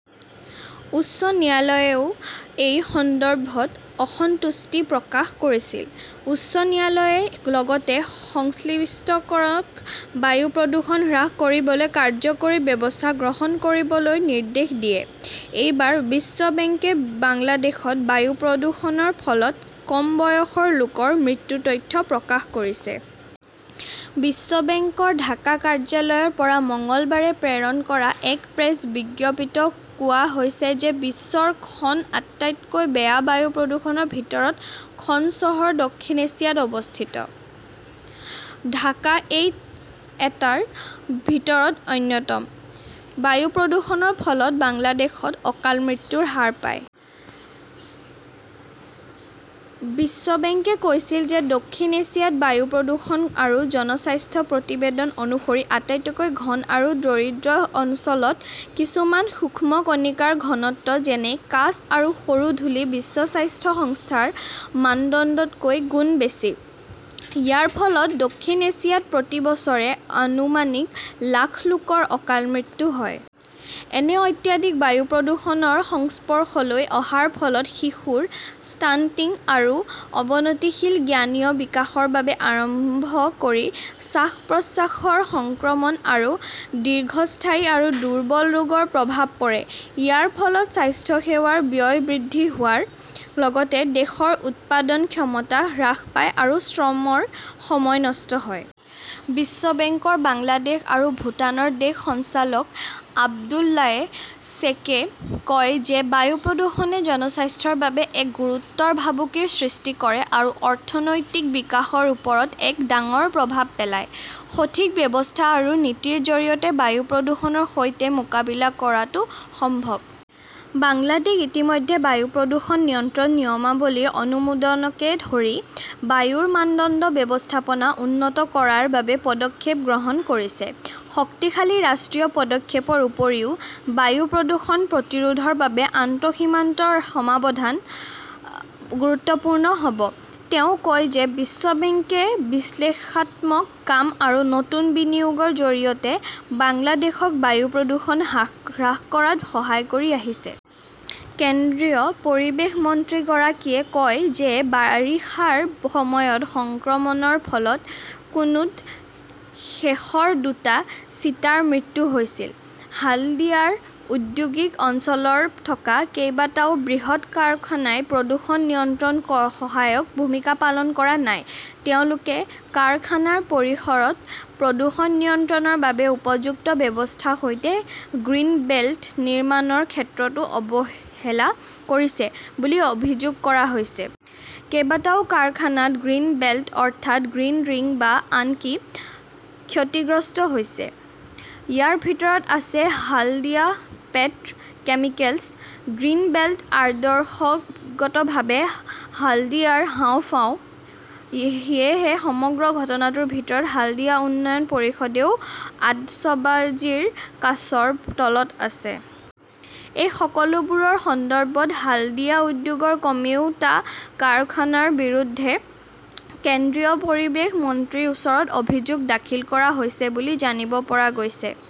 উচ্চ ন্যায়ালয়েও এই সন্দৰ্ভত "অসন্তুষ্টি" প্ৰকাশ কৰিছিল। উচ্চ ন্যায়ালয়ে লগতে সংশ্লিষ্টসকলক বায়ু প্ৰদূষণ হ্ৰাস কৰিবলৈ কাৰ্যকৰী ব্যৱস্থা গ্ৰহণ কৰিবলৈ নিৰ্দেশ দিয়ে। এইবাৰ বিশ্ব বেংকে বাংলাদেশত বায়ু প্ৰদূষণৰ ফলত কম বয়সৰ লোকৰ মৃত্যুৰ তথ্য প্ৰকাশ কৰিছে। বিশ্ব বেংকৰ ঢাকা কাৰ্যালয়ৰ পৰা মঙলবাৰে প্ৰেৰণ কৰা এক প্ৰেছ বিজ্ঞপ্তিত কোৱা হৈছে যে বিশ্বৰ খন আটাইতকৈ বেয়া বায়ু প্ৰদূষণৰ ভিতৰত খন চহৰ দক্ষিণ এছিয়াত অৱস্থিত। ঢাকা এই টাৰ ভিতৰত অন্যতম। বায়ু প্ৰদূষণৰ ফলত বাংলাদেশত অকাল মৃত্যুৰ হাৰ প্ৰায়। বিশ্ব বেংকে কৈছিল যে দক্ষিণ এছিয়াত বায়ু প্ৰদূষণ আৰু জনস্বাস্থ্য প্ৰতিবেদন অনুসৰি আটাইতকৈ ঘন আৰু দৰিদ্ৰ অঞ্চলত কিছুমান সূক্ষ্ম কণিকাৰ ঘনত্ব, যেনে কাঁচ আৰু সৰু ধূলি বিশ্ব স্বাস্থ্য সংস্থাৰ মানদণ্ডতকৈ গুণ বেছি। ইয়াৰ ফলত দক্ষিণ এছিয়াত প্ৰতি বছৰে আনুমানিক লাখ লোকৰ অকাল মৃত্যু হয়। এনে অত্যাধিক বায়ু প্ৰদূষণৰ সংস্পৰ্শলৈ অহাৰ ফলত শিশুৰ ষ্টাণ্টিং আৰু অৱনতিশীল জ্ঞানীয় বিকাশৰ পৰা আৰম্ভ কৰি শ্বাস-প্ৰশ্বাসৰ সংক্ৰমণ আৰু দীৰ্ঘস্থায়ী আৰু দুৰ্বল ৰোগৰ প্ৰভাৱ পৰে। ইয়াৰ ফলত স্বাস্থ্যসেৱাৰ ব্যয় বৃদ্ধি হোৱাৰ লগতে দেশৰ উৎপাদন ক্ষমতা হ্ৰাস পায় আৰু শ্ৰমৰ সময় নষ্ট হয়। বিশ্ব বেংকৰ বাংলাদেশ আৰু ভূটানৰ দেশ সঞ্চালক আব্দুল্লায়ে ছেকে কয় যে বায়ু প্ৰদূষণে জনস্বাস্থ্যৰ বাবে এক গুৰুতৰ ভাবুকিৰ সৃষ্টি কৰে আৰু অৰ্থনৈতিক বিকাশৰ ওপৰত এক ডাঙৰ প্ৰভাৱ পেলায়। সঠিক ব্যৱস্থা আৰু নীতিৰ জৰিয়তে বায়ু প্ৰদূষণৰ সৈতে মোকাবিলা কৰাটো সম্ভৱ। বাংলাদেশ ইতিমধ্যে বায়ু প্ৰদূষণ নিয়ন্ত্ৰণ নিয়মাৱলীৰ অনুমোদনকে ধৰি বায়ুৰ মানদণ্ড ব্যৱস্থাপনা উন্নত কৰাৰ বাবে পদক্ষেপ গ্ৰহণ কৰিছে। শক্তিশালী ৰাষ্ট্ৰীয় পদক্ষেপৰ উপৰিও, বায়ু প্ৰদূষণ প্ৰতিৰোধৰ বাবে আন্তঃসীমান্ত সমাধান গুৰুত্বপূৰ্ণ হ "ব। তেওঁ কয় যে বিশ্ব বেংকে বিশ্লেষণাত্মক কাম আৰু নতুন বিনিয়োগৰ জৰিয়তে বাংলাদেশক বায়ু প্ৰদূষণ হ্ৰাস কৰাত সহায় কৰি আছে। কেন্দ্ৰীয় পৰিৱেশ মন্ত্ৰীগৰাকীয়ে কয় যে বাৰিষাৰ সময়ত সংক্ৰমণৰ ফলত কুনুত শেষৰ দুটা চিতাৰ মৃত্যু হৈছিল। হালদিয়াৰ ঔদ্যোগিক অঞ্চলত থকা কেইবাটাও বৃহৎ কাৰখানাই প্ৰদূষণ নিয়ন্ত্ৰণত সহায়ক ভূমিকা পালন কৰা নাই। তেওঁলোকে কাৰখানাৰ পৰিসৰত প্ৰদূষণ নিয়ন্ত্ৰণৰ বাবে উপযুক্ত ব্যৱস্থাৰ সৈতে গ্ৰীণ বেল্ট নিৰ্মাণৰ ক্ষেত্ৰতো অৱহেলা কৰিছে বুলি অভিযোগ কৰা হৈছে। কেইবাটাও কাৰখানাত গ্ৰীণ বেল্ট অৰ্থাৎ গ্ৰীণ ৰিং বা আনকি ক্ষতিগ্ৰস্ত হৈছে। ইয়াৰ ভিতৰত আছে Haldia "petrochemicals. Green belt আদৰ্শগতভাৱে হাল্ডিয়াৰ হাঁওফাঁও। সেয়েহে সমগ্ৰ ঘটনাটোৰ ভিতৰত হালদিয়া উন্নয়ন পৰিষদেও আতচবাজীৰ কাচৰ তলত আছে। এই সকলোবোৰৰ সন্দৰ্ভত হালদিয়া উদ্যোগৰ কমেও টা কাৰখানাৰ বিৰুদ্ধে কেন্দ্ৰীয় পৰিৱেশ মন্ত্ৰীৰ ওচৰত অভিযোগ দাখিল কৰা হৈছে বুলি জানিব পৰা গৈছে।